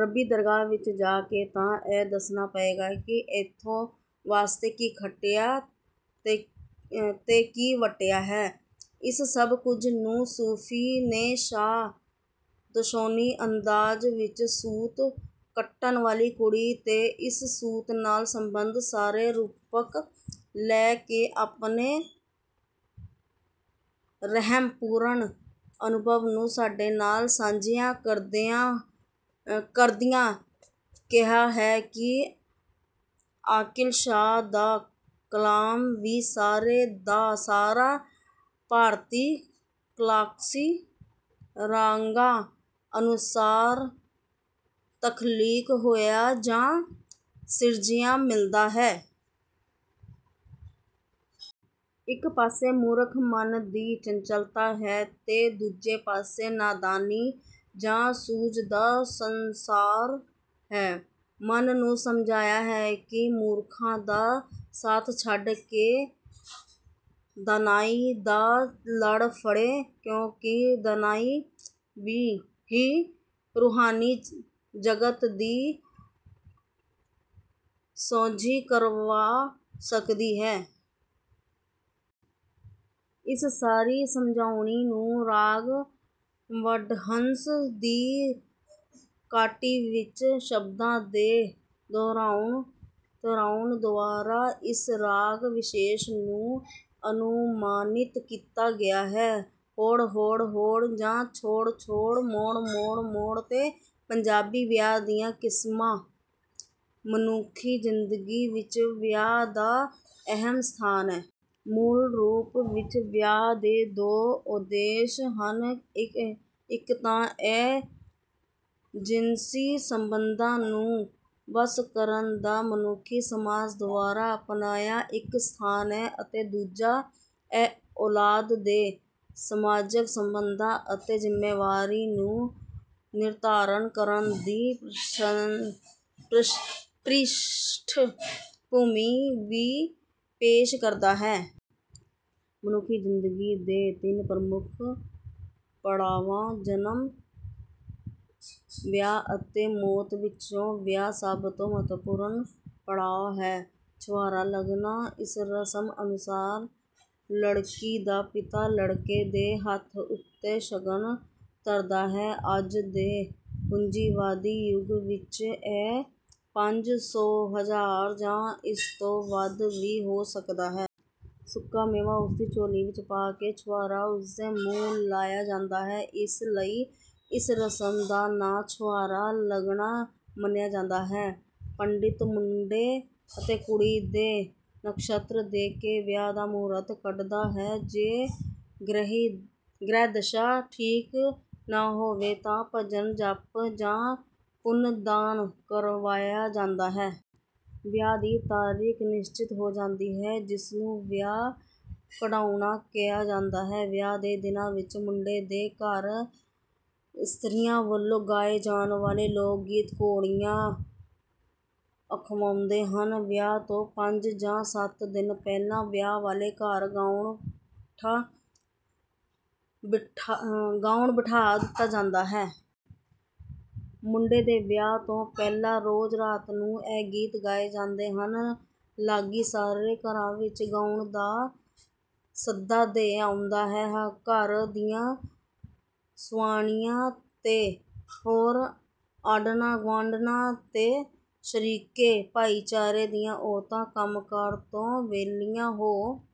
ਰੱਬੀ ਦਰਗਾਹ ਵਿਚ ਜਾ ਕੇ ਤਾਂ ਇਹ ਦਸੱਣਾ ਪਵੇਗਾ। ਕਿ ਏਥੋਂ ਵਾਸਤੇ ਕੀ ਖੱਟਿਆ ਤੇਕੀ ਵੱਟਿਆ ਹੈ। ਇਸ ਸਭ ਕੁਝ ਨੂੰ ਸੂਫ਼ੀ ਨੇ ਸ਼ਾਹ ਦੋਸੋਨੀ ਅੰਦਾਜ਼ ਵਿਚ ਸੂਤ ਕੱਟਣ ਵਾਲੀ ਕੁੜੀ ਤੇ ਇਸ ਸੂਤ ਨਾਲ ਸੰੰਬੰਧ ਸਾਰੇ ਰੂਪਕ ਲੈ ਕੇ ਆਪਣੇ ਰਹਮ-ਪੁਰਣ ਅਨੁਭਵ ਨੂੰ ਸਾਡੇ ਨਾਲ ਸਾਂਝਿਆਂ ਕਰਦਿਆਂ ਕਿਹਾ ਹੈ ਕਿ: ਆਕਿਲ ਸ਼ਾਹ ਦਾ ਕਲਾਮ ਵੀ ਸਾਰੇ ਦਾ ਸਾਰਾ ਭਾਰਤੀ ਕਲਾਸਕੀ ਰਾਂਗਾ ਅਨੁਸਾਰ ਤਖਲੀਕ ਹੋਇਆ ਜਾਂ ਸਿਰਜਿਆ ਮਿਲਦਾ ਹੈ। ਇਕ ਪਾਸੇ ਮੂਰਖ ਮਨ ਦੀ ਚੰਚਲਤਾ ਹੈ ਤੇ ਦੂਜੇ ਪਾਸੇ ਦਾਨਾਈ ਜਾਂ ਸੂਝ ਦਾ ਸੰਸਾਰ ਹੈ, ਮਨ ਨੂੰ ਸਮਝਾਇਆ ਹੈ ਕਿ ਮੂਰਖਾਂ ਦਾ ਸਾਥ ਛੱਡ ਕੇ ਦਾਨਾਈ ਦਾ ਲੜ ਫੜੇ ਕਿਉਂਕਿ ਦਾਨਾਈ ਹੀ ਰੂਹਾਨੀ-ਜਗਤ ਦੀ ਸੌਝੀ ਕਰਵਾ ਸਕਦੀ ਹੈ। ਇਸ ਸਾਰੀ ਸਮਝਾਉਣੀ ਨੂੰ ਰਾਗ ਵਡਹੰਸ ਦੀ ਕਾਟੀ ਵਿਚ ਸ਼ਬਦਾਂ ਦੇ ਦੁਹਰਾਉ, ਤੀਹਰਾਓ ਦੁਆਰਾ ਇਸ ਰਾਗ-ਵਿਸ਼ੇਸ ਨੂੰ ਅਨੁਮਾਨਿਤ ਕੀਤਾ ਗਿਆ ਹੈ। ਹੋੜ, ਹੋੜ, ਹੋੜ ਜਾ ਛੋੜ, ਛੋੜ, 'ਮੋੜ, ਮੋੜ, ਮੋੜ ਤੇ। ਪੰਜਾਬੀ ਵਿਆਹ ਦੀਆਂ ਕਿਸਮਾਂ ਮਨੁੱਖੀ ਜ਼ਿੰਦਗੀ ਵਿੱਚ ਵਿਆਹ ਦਾ ਅਹਿਮ ਸਥਾਨ ਹੈ। ਮੂਲ ਰੂਪ ਵਿਚ ਵਿਆਹ ਦੇ ਦੋ ਉਦੇਸ਼ ਹਨ ਇਕ ਤਾਂ ਇਹ ਜਿਨਸੀ ਸੰਬੰਧਾਂ ਨੂੰ ਵੱਸ ਕਰਨ ਦਾ ਮਨੁੱਖੀ ਸਮਾਜ ਦੁਆਰਾ ਅਪਣਾਇਆ ਇਕ ਸਥਾਨ ਹੈ ਅਤੇ ਦੂਜਾ ਇਹ ਔਲਾਦ ਦੇ ਸਮਾਜਕ ਸੰਬੰਧਾਂ ਅਤੇ ਜਿੰਮੇਵਾਰੀ ਨੂੰ ਨਿਰਧਾਰਨ ਕਰਨ ਦੀ ਪ੍ਰਿਸ਼ਠ ਭੂਮੀ ਵੀ ਪੇਸ਼ ਕਰਦਾ ਹੈ। ਮਨੁੱਖੀ ਜ਼ਿੰਦਗੀ ਦੇ ਤਿੰਨ ਪ੍ਰਮੁੱਖ ਪੜਾਵਾਂ ਜਨਮ, ਵਿਆਹ ਅਤੇ ਮੌਤ ਵਿੱਚੋਂ ਵਿਆਹ ਸਭ ਤੋਂ ਮਹੱਤਵਪੂਰਨ ਪੜਾਅ ਹੈ। ਛੁਹਾਰਾ ਲੱਗਣਾ ਇਸ ਰਸਮ ਅਨੁਸਾਰ ਲੜਕੀ ਦਾ ਪਿਤਾ ਲੜਕੇ ਦੇ ਹੱਥ ਉੱਤੇ ਸ਼ਗਨ ਧਰਦਾ ਹੈ। ਅੱਜ ਦੇ ਪੂੰਜੀਵਾਦੀ ਯੁੱਗ ਵਿੱਚ ਇਹ ਪੰਜ ਸੌ, ਹਜ਼ਾਰ ਜਾਂ ਇਸ ਤੋਂ ਵੱਧ ਵੀ ਹੋ ਸਕਦਾ ਹੈ। ਸੁੱਕਾ ਮੇਵਾ ਉਸਦੀ ਝੋਲੀ ਵਿਚ ਪਾ ਕੇ ਛੁਹਾਰਾ ਉਸਦੇ ਮੂੰਹ ਲਾਇਆ ਜਾਂਦਾ ਹੈ। ਇਸ ਲਈ ਇਸ ਰਸਮ ਦਾ ਨਾਂ ਛੁਹਾਰਾ ਲੱਗਣਾ ਮੰਨਿਆ ਜਾਂਦਾ ਹੈ। ਪੰਡਿਤ ਮੁੰਡੇ ਅਤੇ ਕੁੜੀ ਦੇ ਨਖ਼ਸ਼ੱਤਰ ਦੇਖ ਕੇ ਵਿਆਹ ਦਾ ਮਹੂਰਤ ਕੱਢਦਾ ਹੈ ਜੇ ਗ੍ਰਹਿ ਦਿਸ਼ਾ ਠੀਕ ਨਾ ਹੋਵੇ ਤਾਂ ਭਜਨ, ਜਪ ਜਾਂ ਪੁੰਨ ਦਾਨ ਕਰਵਾਇਆ ਜਾਂਦਾ ਹੈ। ਵਿਆਹ ਦੀ ਤਾਰੀਖ਼ ਨਿਸ਼ਚਿਤ ਹੋ ਜਾਂਦੀ ਹੈ, ਜਿਸਨੂੰ ਵਿਆਹ ਕਢਵਾਉਣਾ ਕਿਹਾ ਜਾਂਦਾ ਹੈ। ਵਿਆਹ ਦੇ ਦਿਨਾਂ ਵਿੱਚ ਮੁੰਡੇ ਦੇ ਘਰ ਇਸਤਰੀਆਂ ਵੱਲੋਂ ਗਾਏ ਜਾਣ ਵਾਲੇ ਲੋਕ-ਗੀਤ ਘੋੜੀਆਂ ਅਖਵਾਉਂਦੇ ਹਨ। ਵਿਆਹ ਤੋਂ ਪੰਜ ਜਾਂ ਸੱਤ ਦਿਨ ਪਹਿਲਾਂ ਵਿਆਹ ਵਾਲੇ ਘਰ ਗਾਉਣ ਬਿਠਾ ਦਿੱਤਾ ਜਾਂਦਾ ਹੈ। ਮੁੰਡੇ ਦੇ ਵਿਆਹ ਤੋਂ ਪਹਿਲਾਂ ਰੋਜ਼ ਰਾਤ ਨੂੰ ਇਹ ਗੀਤ ਗਾਏ ਜਾਂਦੇ ਹਨ। ਲਾਗੀ ਸਾਰੇ ਘਰਾਂ ਵਿੱਚ ਗਾਉਣ ਦਾ ਸੱਦਾ ਦੇ ਆਉਂਦਾ ਹੈ। ਘਰ ਦੀਆਂ ਸੁਆਣੀਆਂ ਤੇ ਹੋਰ ਆਂਢਣਾਂ-ਗੁਆਢਣਾਂ ਤੇ ਸ਼ਰੀਕੇ ਭਾਈਚਾਰੇ ਦੀਆਂ ਔਰਤਾਂ ਕੰਮ ਕਾਰ ਤੋਂ ਵਿਹਲੀਆਂ ਹੋ